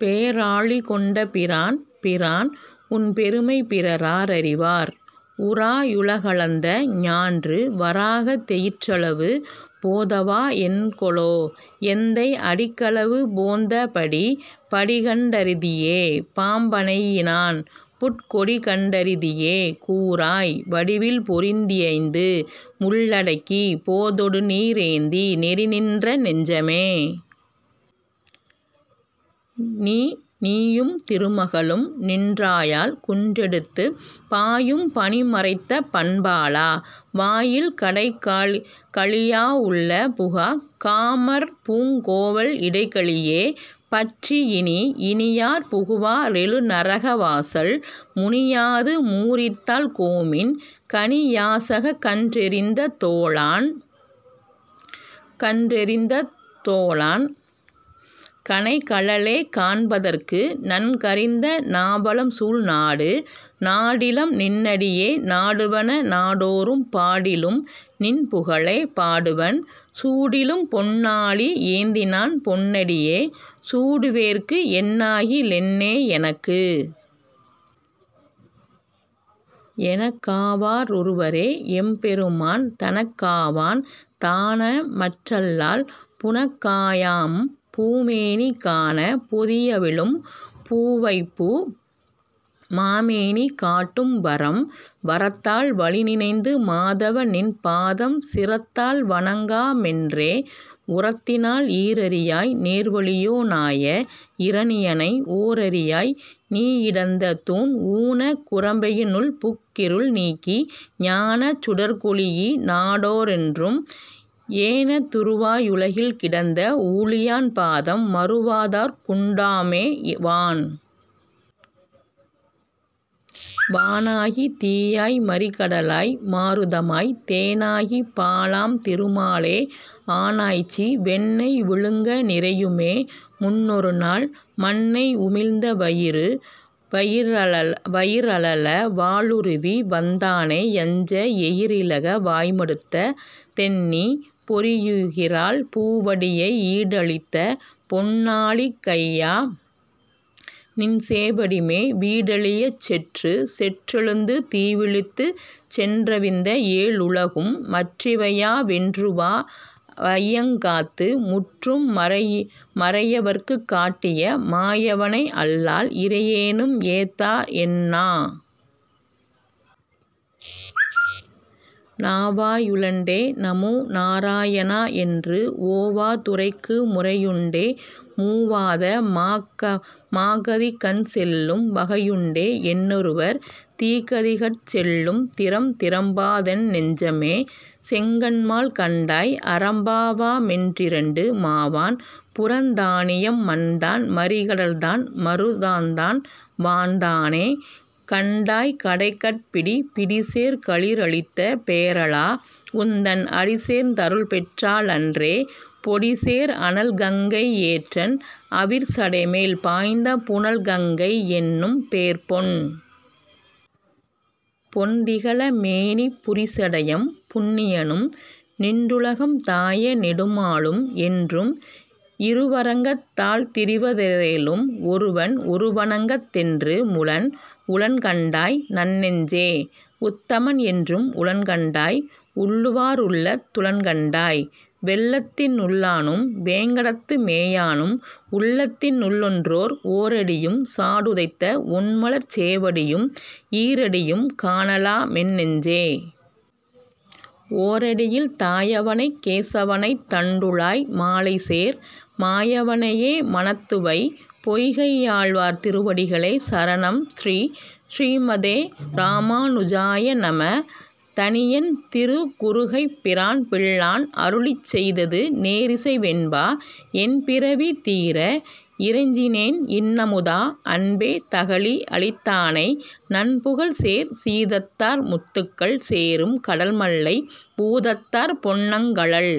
பேராழி கொண்ட பிரான்? பிரான். உன் பெருமை பிறரா ரறிவார்?, உராஅ யுலகளந்த ஞான்று, வராகத் தெயிற்றளவு போதாவா றென்கொலோ, எந்தை அடிக்களவு போந்த படி? படிகண் டறிதியே பாம்பணையி னான், புட் கொடிகண் டறிதியே? கூறாய், வடிவில் பொறியைந்து முள்ளடக்கிப் போதொடுநீ ரேந்தி, நெறிநின்ற நெஞ்சமே. நீ. நீயும் திருமகளும் நின்றாயால், குன்றெடுத்துப் பாயும் பனிமறைத்த பண்பாளா, வாயில் கடைகழியா வுள்புகாக் காமர்பூங் கோவல் இடைகழியே பற்றி யினி. இனியார் புகுவா ரெழுநரக வாசல்? முனியாது மூரித்தாள் கோமின், கனிசாயக் கன்றெறிந்த தோளான் கனைகழலே காண்பதற்கு, நன்கறிந்த நாவலம்சூழ் நாடு. நாடிலும் நின்னடியே நாடுவன, நாடோ றும் பாடிலும் நின்புகழே பாடுவன், சூடிலும் பொன்னாழி யேந்தினான் பொன்னடியே சூடுவேற்கு, என்னாகி லென்னே எனக்கு? எனக்காவா ராரொருவரே, எம்பெருமான் தனக்காவான் தானேமற் றல்லால், புனக்காயாம் பூமேனி காணப் பொதியவிழும் பூவைப்பூ, மாமேனி காட்டும் வரம். வரத்தால் வலிநினைந்து மாதவ. நின் பாதம், சிரத்தால் வணங்கானா மென்றே, உரத்தினால் ஈரரியாய் நேர்வலியோ னாய இரணியனை, ஓரரியாய் நீயிடந்த தூன்? ஊனக் குரம்பையி னுள்புக் கிருள்நீக்கி, ஞானச் சுடர்கொளீஇ நாடோ றும், ஏனத் துருவா யுலகில்டந்த வூழியான் பாதம், மருவாதார்க் குண்டாமோ வான்? வானாகித் தீயாய் மறிகடலாய் மாருதமாய் தேனாகிப் பாலாம் திருமாலே, ஆனாய்ச்சி வெண்ணெய் விழுங்க நிறையுமே, முன்னொருநாள் மண்ணை உமிழ்ந்த வயிறு? வயிறழல வாளுருவி வந்தானை யஞ்ச எயிறிலக வாய்மடுத்த தென்நீ, பொறியுகிரால் பூவடியை யீடழித்த பொன்னாழிக் கையா, நின் சேவடிமே லீடழியச் செற்று? செற்றெழுந்து தீவிழித்துச் சென்றவிந்த ஏழுலகும், மற்றிவையா வென்றுவா யங்காந்து, முற்றும் மறையவற்குக் காட்டிய மாயவனை யல்லால், இறையேனும் ஏத்தாதென் நா. நாவாயி லுண்டே நமோநார ணா என்று, ஓவா துரைக்கு முரையுண்டே, மூவாத மாக்கதிக்கண் செல்லும் வகையுண்டே, என்னொருவர் தீக்கதிக்கட் செல்லும் திறம்? திறம்பாதென் னெஞ்சமே. செங்கண்மால் கண்டாய், அறம்பாவ மென்றிரண்டு மாவான், புறந்தானிம் மண்தான் மறிகடல்தான் மாருதந்தான், வான்தானே, கண்டாய் கடைக்கட் பிடி. பிடிசேர் களிறளித்த பேராளா, உன்றன் அடிசேர்ந் தருள்பெற்றாள் அன்றே, பொடிசேர் அனல்கங்கை யேற்றன் அவிர்சடைமேல் பாய்ந்த, புனல்கங்கை யென்னும்பேர்ப் பொன்? பொன்திகழ மேனிப் புரிசடையம் புண்ணியனும், நின்றுலகம் தாய நெடுமாலும், என்றும் இருவரங்கத் தால்திரிவ ரேலும், ஒருவன் ஒருவனங்கத் தென்று முளன். உளன்கண்டாய் நன்னெஞ்சே. உத்தமன் என்றும் உளன்கண்டாய், உள்ளூவா ருள்ளத் துளன்கண்டாய், வெள்ளத்தி னுள்ளானும் வேங்கடத்து மேயானும், உள்ளத்தி னுள்ளனென் றோர். ஓரடியும் சாடுதைத்த ஒண்மலர்ச் சேவடியும், ஈரடியும் காணலா மென்னெஞ்சே. ஓரடியில் தாயவனைக் கேசவனைத் தண்டுழாய் மாலைசேர், மாயவனை யேமனத்து வை. பொய்கையாழ்வார் திருவடிகளே சரணம் ஸ்ரீ: ஸ்ரீமதே ராமானுஜாய நம: தனியன் திருகுருகைப்பிரான் பிள்ளான் அருளிச் செய்தது நேரிசை வெண்பா என்பிறவி தீர இறைஞ்சினேன் இன்னமுதா அன்பே தகளி யளித்தானை, நன்புகழ்சேர் சீதத்தார் முத்துகள் சேரும் கடல்மல்லைப் பூதத்தார் பொன்னங்கழல்.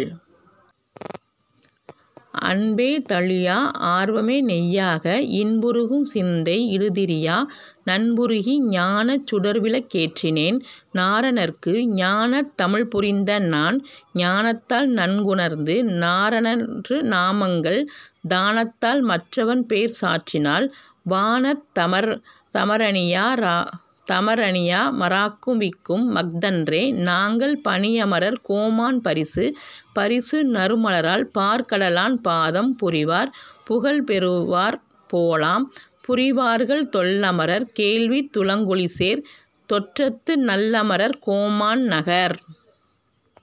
அன்பே தளியா ஆர்வமே நெய்யாக, இன்புருகு சிந்தை யிடுதிரியா, நன்புருகி ஞானச் சுடர்விளக் கேற்றினேன் நாரணற்கு ஞானத் தமிழ்புரிந்த நான். ஞானத்தால் நன்குணர்ந்து நாரணன்றன் நாமங்கள், தானத்தால் மற்றவன் பேர் சாற்றினால், வானத் தமரனியா ராக்குவிக்கு மஃதன்றே, நாங்கள் பணியமரர் கோமான் பரிசு? பரிசு நறுமலரால் பாற்கடலான் பாதம், புரிவார் புகழ்பெறுவர் போலாம், புரிவார்கள் தொல்லமரர் கேள்வித் துலங்கொளிசேர் தொற்றத்து நல்லமரர் கோமான் நகர்.